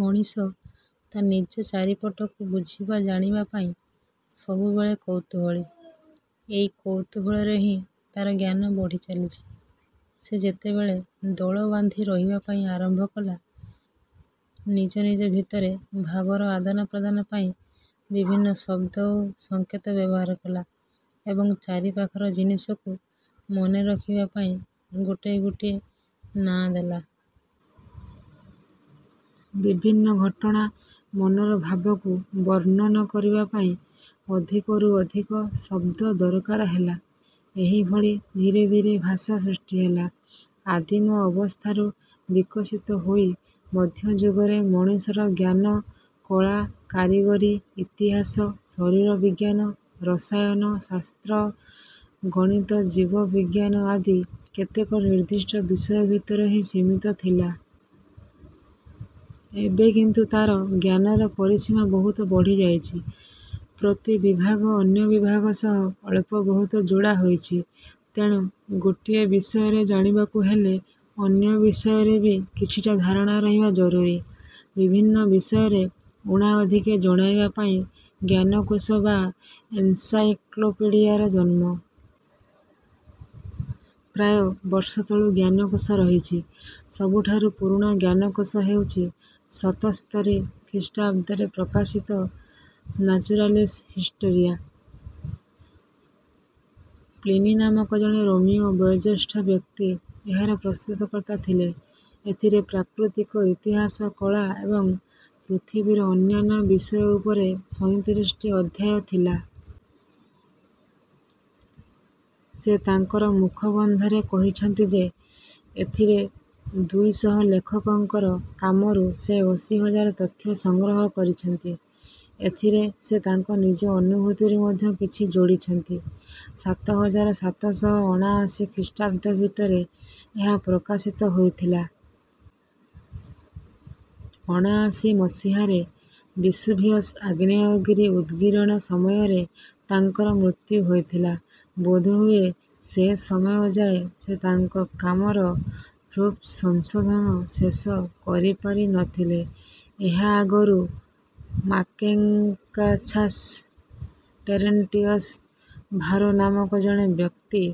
ମଣିଷ ତାନିଜ ଚାରିପଟକୁ ବୁଝିବା ଜାଣିବା ପାଇଁ ସବୁବେଳେ କୌତୂହଳୀ। ଏଇ କୌତୂହଳରୁ ହିଁ ତାର ଜ୍ଞାନ ବଢ଼ିଚାଲିଛି। ସେ ଯେତେବେଳେ ଦଳବାନ୍ଧି ରହିବା ପାଇଁ ଆରମ୍ଭ କଲା ନିଜ ନିଜ ଭିତରେ ଭାବର ଆଦାନ ପ୍ରଦାନ ପାଇଁ ବିଭିନ୍ନ ଶବ୍ଦ ଓ ସଙ୍କେ ତ ବ୍ୟବହାର କଲା ଏବଂ ଚାରିପାଖର ଜିନିଷକୁ ମନେ ରଖିବା ପାଇଁ ଗୋଟିଏ ଗୋଟିଏ ନାଁ ଦେଲା। ବିଭିନ୍ନ ଘଟଣା ମନର ଭାବକୁ ବର୍ଣ୍ଣନ କରିବା ପାଇଁ ଅଧିକରୁ ଅଧିକ ଶବ୍ଦ ଦରକାର ହେଲା। ଏହିଭିଳି ଧୀରେ ଧୀରେ ଭାଷା ସୃଷ୍ଟି ହେଲା। ଆଦିମ ଅବସ୍ଥାରୁ ବିକଶିତ ହୋଇ ମଧ୍ୟଯୁଗରେ ମଣିଷର ଜ୍ଞାନ କଳା କାରିଗରୀ ଇତିହାସ ଶରୀର ବିଜ୍ଞାନ ରସାୟନ ଶାସ୍ତ୍ର ଗଣିତ ଜୀବ ବିଜ୍ଞାନ ଆଦି କେତେକ ନିର୍ଦ୍ଦିଷ୍ଟ ବିଷୟ ଭିତରେ ହିଁ ସୀମିତ ଥିଲା। ଏବେ କିନ୍ତୁ ତାର ଜ୍ଞାନର ପରିସୀମା ବହୁତ ବଢ଼ିଯାଇଛି। ପ୍ରତି ବିଭାଗ ଅନ୍ୟ ବିଭାଗ ସହ ଅଳ୍ପ ବହୁତ ଯୋଡ଼ା ହୋଇଛି। ତେଣୁ ଗୋଟିଏ ବିଷୟରେ ଜାଣିବାକୁ ହେଲେ ଅନ୍ୟ ବିଷୟରେ ବି କିଛିଟା ଧାରଣା ରହିବା ଜରୁରୀ। ବିଭିନ୍ନ ବିଷୟରେ ଊଣା ଅଧିକେ ଜଣାଇବା ପାଇଁ ଜ୍ଞାନକୋଷ ବା ଏନସାଇକ୍ଲୋପିଡ଼ିଆର ଜନ୍ମ। ପ୍ରାୟ ବର୍ଷ ତଳୁ ଜ୍ଞାନକୋଷ ରହିଛି। ସବୁଠାରୁ ପୁରୁଣା ଜ୍ଞାନକୋଷ ହେଉଛି ସତସ୍ତରୀ ଖ୍ରୀଷ୍ଟାବ୍ଦରେ ପ୍ରକାଶିତ ନାଚୁରାଲିସ ହିଷ୍ଟୋରିଆ। ପ୍ଲିନୀ ନାମକ ଜଣେ ରୋମୀୟ ବୟୋଜ୍ୟେଷ୍ଠ ବ୍ୟକ୍ତି ଏହାର ପ୍ରସ୍ତୁତକର୍ତ୍ତା ଥିଲେ। ଏଥିରେ ପ୍ରାକୃତିକ ଇତିହାସ କଳା ଏବଂ ପୃଥିବୀର ଅନ୍ୟାନ୍ୟ ବିଷୟ ଉପରେ ସଇଁତିରିଶଟି ଅଧ୍ୟାୟ ଥିଲା। ସେ ତାଙ୍କର ମୁଖବନ୍ଧରେ କହିଛନ୍ତି ଯେ ଏଥିରେ ଦୁଇ ଶହ ଲେଖକଙ୍କର କାମରୁ ସେ ଅଶୀ ହଜାର ତଥ୍ୟ ସଂଗ୍ରହ କରିଛନ୍ତି। ଏଥିରେ ସେ ତାଙ୍କ ନିଜ ଅନୁଭୂତିରୁ ମଧ୍ୟ କିଛି ଯୋଡ଼ିଛନ୍ତି। ସାତ ହଜାର ସାତ ଶହ ଅଣାଅଶୀ ଖ୍ରୀଷ୍ଟାବ୍ଦ ଭିତରେ ଏହା ପ୍ରକାଶିତ ହୋଇଥିଲା। ଅଣାଅଶୀ ମସିହାରେ ବିସୁଭିୟସ ଆଗ୍ନେୟଗିରି ଉଦଗିରଣ ସମୟରେ ତାଙ୍କର ମୃତ୍ୟୁ ହୋଇଥିଲା। ବୋଧହୁଏ ସେ ସମୟ ଯାଏ ସେ ତାଙ୍କ କାମର ପ୍ରୁଫ୍ ସଂଶୋଧନ ଶେଷ କରିପାରି ନ ଥିଲେ। ଏହା ଆଗରୁ ମାକେଙଏଛାସ ଟେରେଣ୍ଟିଅସ ଭାରୋ ନାମକ ଜଣେ ବ୍ୟକ୍ତି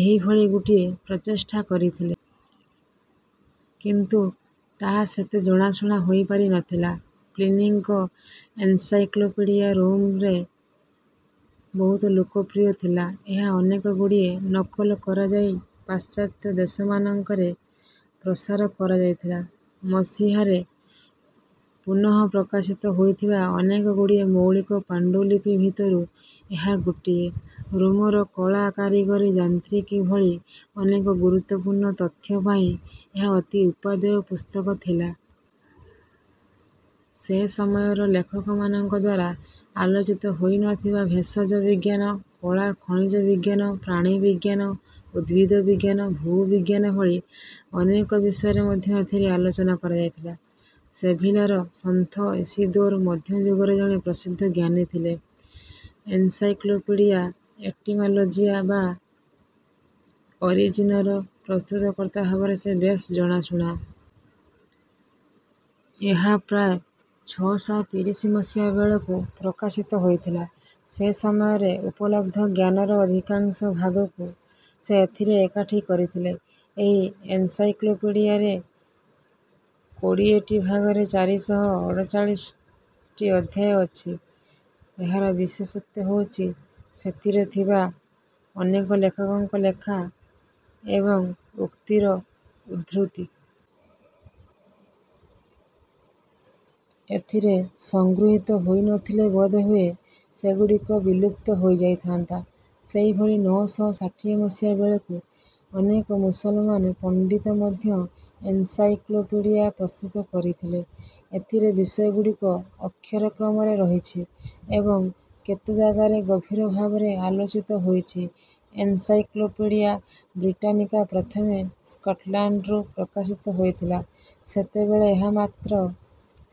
ଏହିଭଳି ଗୋଟିଏ ପ୍ରଚେଷ୍ଟା କରିଥିଲେ। କିନ୍ତୁ ତାହା ସେତେ ଜଣାଶୁଣା ହୋଇପାରି ନ ଥିଲା। ପ୍ଲିନୀଙ୍କ ଏନସାଇକ୍ଲୋପିଡିଆ ରୋମରେ ବହୁତ ଲୋକପ୍ରିୟ ଥିଲା। ଏହାର ଅନେକଗୁଡ଼ିଏ ନକଲ କରାଯାଇ ପାଶ୍ଚାତ୍ୟ ଦେଶମାନଙ୍କରେ ପ୍ରସାର କରାଯାଇଥିଲା। ମସିହାରେ ପୁନଃ ପ୍ରକାଶିତ ହୋଇଥିବା ଅନେକଗୁଡ଼ିଏ ମୌଳିକ ପାଣ୍ଡୁଲିପି ଭିତରୁ ଏହା ଗୋଟିଏ। ରୋମର କଳା କାରିଗରୀ ଯାନ୍ତ୍ରିକୀ ଭଳି ଅନେକ ଗୁରୁତ୍ୱପୂର୍ଣ୍ଣ ତଥ୍ୟ ପାଇଁ ଏହା ଅତି ଉପାଦେୟ ପୁସ୍ତକ ଥିଲା। ସେ ସମୟର ଲେଖକମାନଙ୍କଦ୍ୱାରା ଆଲୋଚିତ ହୋଇ ନ ଥିବା ଭେଷଜ ବିଜ୍ଞାନ କଳା ଖଣିଜ ବିଜ୍ଞାନ ପ୍ରାଣିବିଜ୍ଞାନ ଉଦ୍ଭିଦ ବିଜ୍ଞାନ ଭୂବିଜ୍ଞାନ ଭଳି ଅନେକ ବିଷୟରେ ମଧ୍ୟ ଏଥିରେ ଆଲୋଚନା କରାଯାଇଥିଲା। ସେଭିଲାର ସନ୍ଥ ଇସିଦୋର ମଧ୍ୟଯୁଗର ଜଣେ ପ୍ରସିଦ୍ଧ ଜ୍ଞାନୀ ଥିଲେ। ଏନସାଇକ୍ଲୋପିଡିଆ ଏଟିମାଲୋଜିଆ ବା ଅରିଜିନର ପ୍ରସ୍ତୁତକର୍ତ୍ତା ଭାବରେ ସେ ବେଶ ଜଣାଶୁଣା। ଏହା ପ୍ରାୟ ଛଅ ଶହ ତିରିଶ ମସିହା ବେଳକୁ ପ୍ରକାଶିତ ହୋଇଥିଲା। ସେ ସମୟରେ ଉପଲବ୍ଧ ଜ୍ଞାନର ଅଧିକାଂଶ ଭାଗକୁ ସେ ଏଥିରେ ଏକାଠି କରିଥିଲେ। ଏହି ଏନସାଇକ୍ଲୋପିଡିଆରେ କୋଡ଼ିଏଟି ଭାଗରେ ଚାରି ଶହ ଅଠଚାଳିଶଟି ଅଧ୍ୟାୟ ରହିଛି। ଏହାର ବିଶେଷତ୍ୱ ହେଉଛି ସେଥିରେ ଥିବା ଅନେକ ଲେଖକଙ୍କ ଲେଖା ଏବଂ ଉକ୍ତିର ଉଦ୍ଧୃତି। ଏଥିରେ ସଂଗୃହୀତ ହୋଇ ନ ଥିଲେ ବୋଧହୁଏ ସେଗୁଡ଼ିକ ବିଲୁପ୍ତ ହୋଇଯାଇଥାନ୍ତା। ସେହିଭଳି ନଅ ଶହ ଷାଠିଏ ମସିହା ବେଳକୁ ଅନେକ ମୁସଲମାନ ପଣ୍ଡିତ ମଧ୍ୟ ଏନସାଇକ୍ଲୋପିଡ଼ିଆ ପ୍ରସ୍ତୁତ କରିଥିଲେ। ଏଥିରେ ବିଷୟଗୁଡ଼ିକ ଅକ୍ଷର କ୍ରମରେ ରହିଛି ଏବଂ କେତେ ଜାଗାରେ ଗଭୀର ଭାବରେ ଆଲୋ ଚିତ ହୋଇ ଛି। ଏନସାଇକ୍ଲୋପିଡ଼ିଆ ବ୍ରିଟାନିକା ପ୍ରଥମେ ସ୍କଟଲ୍ୟାଣ୍ଡରୁ ପ୍ରକାଶିତ ହୋଇଥିଲା। ସେତେବେଳେ ଏହା ମାତ୍ର